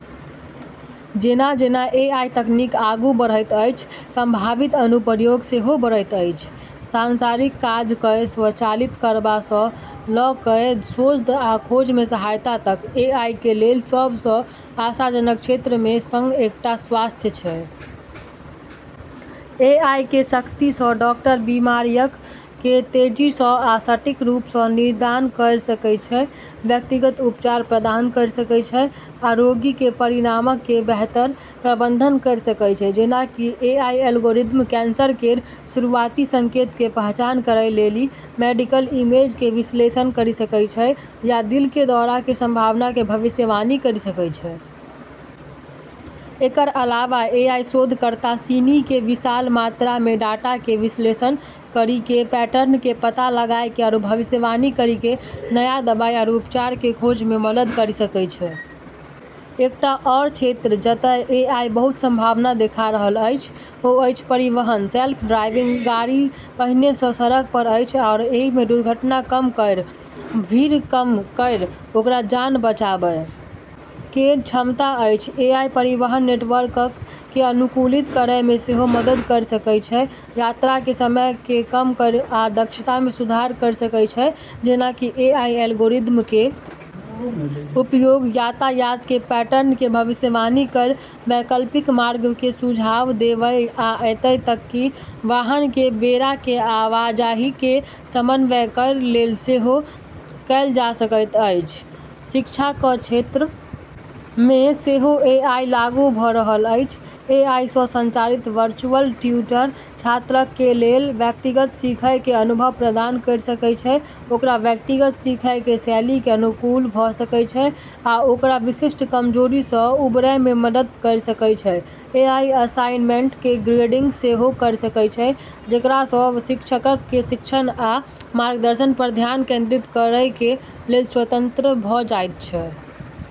जेना-जेना एआई तकनीक आगू बढ़ैत अछि, संभावित अनुप्रयोग सेहो बढ़ैत अछि, सांसारिक काज कए स्वचालित करबा स ल कए शोध आ खोज मे सहायता तक। एआई कें लेल सब सं आशाजनक क्षेत्र मे सं एकटा छै स्वास्थ्य सेवा. एआई कें शक्ति सं डॉक्टर बीमारियक कें तेजी सं आ सटीक रूप सं निदान कयर सकय छै, व्यक्तिगत उपचार प्रदान कयर सकय छै आ रोगी कें परिणामक कें बेहतर प्रबंधन कयर सकय छै जेना कि एआई एल्गोरिदम कैंसर केरऽ शुरुआती संकेतऽ के पहचान करै लेली मेडिकल इमेज के विश्लेषण करी सकै छै या दिल के दौरा के संभावना के भविष्यवाणी करी सकै छै। एकरऽ अलावा एआई शोधकर्ता सिनी के विशाल मात्रा मे डाटा के विश्लेषण करी के, पैटर्न के पता लगाय के आरू भविष्यवाणी करी के नया दवाई आरू उपचार के खोज मे मदद करी सकै छै। एकटा आओर क्षेत्र जतय एआई बहुत संभावना देखा रहल अछि ओ अछि परिवहन। सेल्फ ड्राइविंग गाड़ी पहिने सं सड़क पर अछि आओर एहि मे दुर्घटना कम करय, भीड़ कम करय आओर जान बचाबय के क्षमता अछि, एआई परिवहन नेटवर्क कें अनुकूलित करय मे सेहो मदद कयर सकय छै, यात्रा कें समय कें कम करय आ दक्षता मे सुधार करय सकय छै जेना कि एआई एल्गोरिदम के उपयोग यातायात के पैटर्न के भविष्यवाणी करय, वैकल्पिक मार्ग के सुझाव देबय आ एतय तक कि वाहन के बेड़ा के आवाजाही के समन्वय करय लेल सेहो कएल जा सकैत अछि, शिक्षा क क्षेत्र मे सेहो एआई लागू भ रहल अछि, एआई सं संचालित वर्चुअल ट्यूटर छात्रक कें लेल व्यक्तिगत सीखय कें अनुभव प्रदान कयर सकय छै ओकर व्यक्तिगत सीखय कें शैली कें अनुकूल भ सकय छै आ ओकरा विशिष्ट कमजोरी सं उबरय मे मदद कयर सकय छै, एआई असाइनमेंट कें ग्रेडिंग सेहो कयर सकय छै जेकरा सं शिक्षकक कें शिक्षण आ मार्गदर्शन पर ध्यान केंद्रित करय कें लेल स्वतंत्र भ जायत छै।